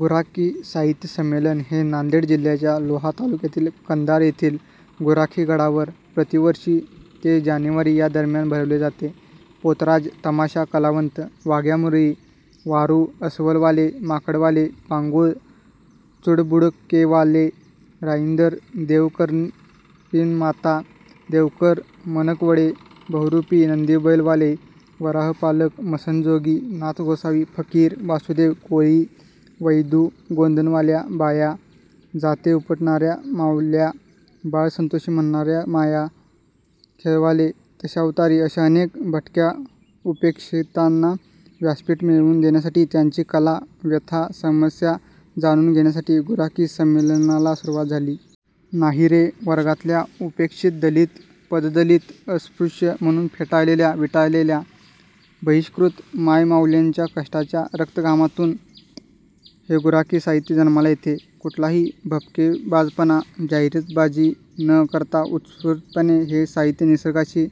गुराखी साहित्य संमेलन हे नांदेड जिल्ह्याच्या लोहा तालुक्यातील कंधार येथील गुराखीगडावर प्रतिवर्षी ते जानेवारी या दरम्यान भरवले जाते. पोतराज, तमाशा कलावंत, वाघ्या-मुरळी, वारू, अस्वलवाले, माकडवाले, पांगूळ, चुडबुडकेवाले, राईंदर, देवकरीणमाता, देवकर, मनकवडे, बहुरूपी, नंदीबैलवाले, वराहपालक, मसणजोगी, नाथगोसावी, फकीर, वासुदेव, कोळी, वैदू, गोंदणवाल्या बाया, जाते उपटणाऱ्या माउल्या, बाळ संतोषी म्हणणाऱ्या माया, खेळवाले, दशावतारी अशा अनेक भटक्या-उपेक्षितांना व्यासपीठ मिळवून देण्यासाठी, त्यांची कला, व्यथा, समस्या जाणून घेण्यासाठी गुराखी संमेलनाला सुरुवात झाली. 'नाहीरे' वर्गातल्या उपेक्षित दलित-पददलित, अस्पृश्य म्हणून फेटाळलेल्या, विटाळलेल्या, बहिष्कृत, मायमाउल्यांच्या कष्टाच्या रक्त-घामातून हे गुराखी साहित्य जन्माला येते. कुठलाही भपकेबाजपणा, जाहिरातबाजी न करता उत्स्फूर्तपणे हे साहित्य निसर्गाशी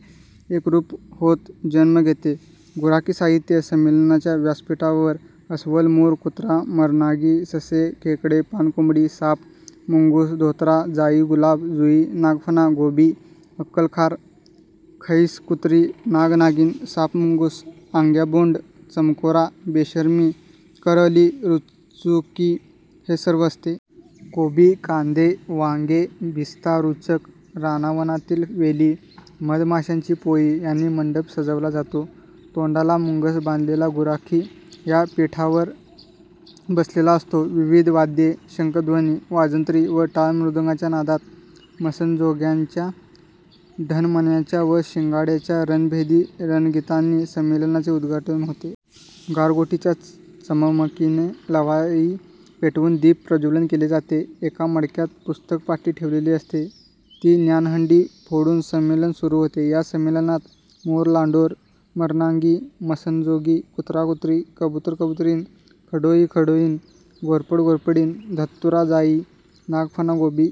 एकरूप होत जन्म घेते. गुराखी साहित्य संमेलनाच्या व्यासपीठावर अस्वल, मोर, कुत्रा, मरनागी, ससे, खेकडे, पानकोंबडी, साप, मुंगूस, धोतरा, जाई-गुलाब, जुई, नागफणा, गोबी, अक्कल खार, खईसकुत्री, नाग-नागीण, साप-मुंगूस, आग्याबोंड, चमकोरा, बेशरमी, करअली, रुचकी हे सर्व असते. कोबी, कांदे, वांगे, बिस्ता, रुचक, रानावनातील वेली, मधमाशांची पोळी यांनी मंडप सजवला जातो. तोंडाला मुंगस बांधलेला गुराखी या पीठावर बसलेला असतो. विविध वाद्ये, शंखध्वनी, वाजंत्री व टाळमृदंगाच्या नादात, मसणजोग्याच्या ढणमण्याच्या व शिंगाडयाच्या रणभेदी रणगीतांनी संमेलनाचे उद्घाटन होते. गारगोटीच्या चममकीने लव्हाळी पेटवून दीप प्रज्वलन केले जाते. एका मडक्यात पुस्तक-पाटी ठेवलेली असते. ती ज्ञानहंडी फोडून संमेलन सुरू होते. या संमेलनात मोर-लांडोर, मरनांगी-मसणनजोगी, कुत्रा-कुत्री, कबुतर-कबुतरीण, खडोळी-खडोळीण, घोरपड-घोरपडीण, धत्तुरा-जाई, नागफणा-गोबी,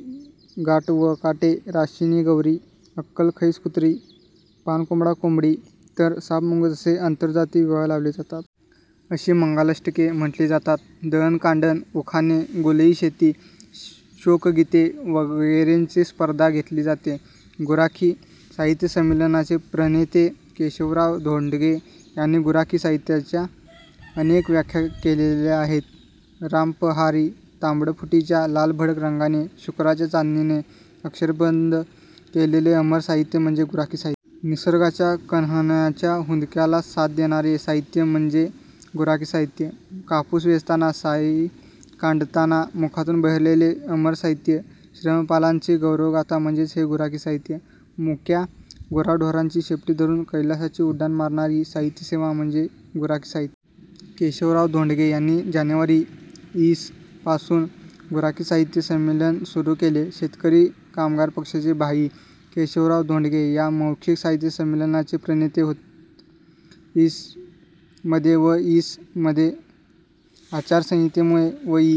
गाटवकाटे- राशिनी गवरी, अक्कल-खईसकुत्री, पानकोंबडा-कोंबडी तर साप-मुंगूस असे आंतरजातीय विवाह लावले जातात. अशी मंगलाष्टके म्हटली जातात. दळणकांडण, उखाणे, गुलई गीते, शोकगीते वगैरेंची स्पर्धा घेतली जाते. गुराखी साहित्य संमेनलनाचे प्रणेते केशवराव धोंडगे यांनी गुराखी साहित्याच्या अनेक व्याख्या केलेल्या आहेत. रामपहारी तांबडफुटीच्या लालभडक रंगाने, शुक्राच्या चांदणीने अक्षरबद्ध केलेले अमर साहित्य म्हणजे गुराखी साहित्य. निसर्गाच्या कण्हण्याच्या हुंदक्याला साथ देणारे साहित्य म्हणजेच गुराखी साहित्य. कापूस वेचताना, साळी कांडताना मुखातून बहरलेले अमर साहित्य, श्रमपालांची गौरवगाथा म्हणजेच हे गुराखी साहित्य. मुक्या गुराढोरांची शेपटी धरून कैलासी उड्डाण मारणारी साहित्यसेवा म्हणजे गुराखी साहित्य. केशवराव धोंडगे यांनी जानेवारी, इ. स. पासून गुराखी साहित्य संमेलन सुरू केले. शेतकरी कामगार पक्षाचे भाई केशवराव धोंडगे या मौखिक साहित्य संमेलनाचे प्रणेते होत. इ. स. मध्ये व इ. स. मध्ये आचारसंहितेमुळे व इ.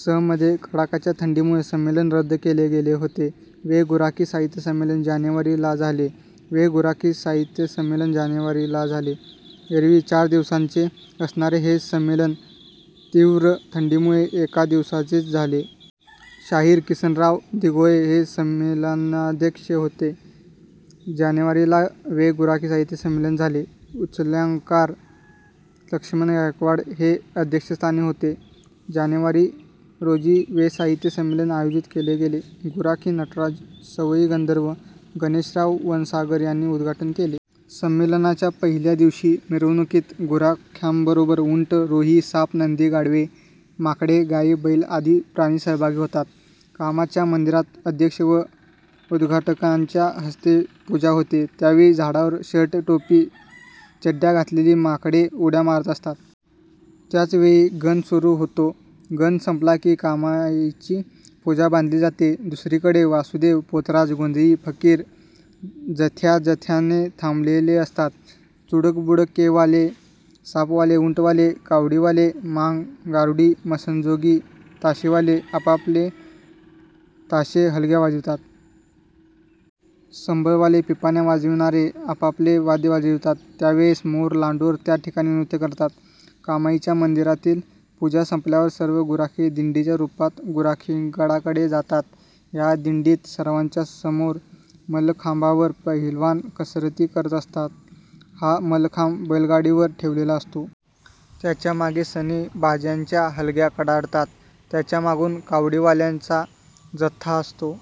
स. मध्ये कडाक्याच्या थंडीमुळे संमेलन रद्द केले गेले होते. वे गुराखी साहित्य संमेलन जानेवारी ला झाले. वे गुराखी साहित्य संमेलन जानेवारी ला झाले. एरवी चार दिवसांचे असणारे हे संमेलन तीव्र थंडीमुळे एका दिवसाचेच झाले. शाहीर किसनराव दिघोळे हे संमेलनाध्यक्ष होते. जानेवारी ला वे गुराखी साहित्य संमेलन झाले. 'उचल्याकार' लक्ष्मण गायकवाड हे अध्यक्षस्थानी होते. - जानेवारी रोजी वे साहित्य संमेलन आयोजित केले गेले. गुराखी नटराज सवई गंधर्व गणेशराव वनसागर यांनी उद्घाटन केले. संमेलनाच्या पहिल्या दिवशी मिरवणुकीत गुराख्यांबरोबर उंट, रोही, साप, नंदी, गाढवे, माकडे, गाई, बैल आदी प्राणी सहभागी होतात. कामाईच्या मंदिरात अध्यक्ष व उद्घाटकांच्या हस्ते पूजा होते. त्यावेळी झाडावर शर्ट, टोपी, चड्ड़्या घातलेली माकडे उड्या मारत असतात. त्याचवेळी गण सुरू होतो. गण संपला की कामाईची पूजा बांधली जाते. दुसरीकडे वासुदेव, पोतराज, गोंधळी, फकीर जथ्याजथ्याने थांबलेले असतात. चुडबुडकेवाले, सापवाले, उंटवाले, कावडीवाले, मांग, गारुडी, मसणजोगी, ताशेवाले, आपापले ताशे, हलग्या वाजवितात. संबळवाले, पिपाण्या वाजविणारे आपापले वाद्य वाजवितात. त्यावेळेस मोर, लांडोर त्या ठिकाणी नृत्य करतात. कामाईच्या मंदिरातील पूजा संपल्यावर सर्व गुराखी दिंडीच्या रूपात गुराखीगडाकडे जातात. या दिंडीत सर्वांच्यासमोर मलखांबावर पहिलवान कसरती करत असतात. हा मलखांब बैलगाडीवर ठेवलेला असतो. त्याच्या मागे सनई, बाज्याच्या हलग्या कडाडतात. त्यांच्या मागून कावडीवाल्यांचा जथ्था असतो.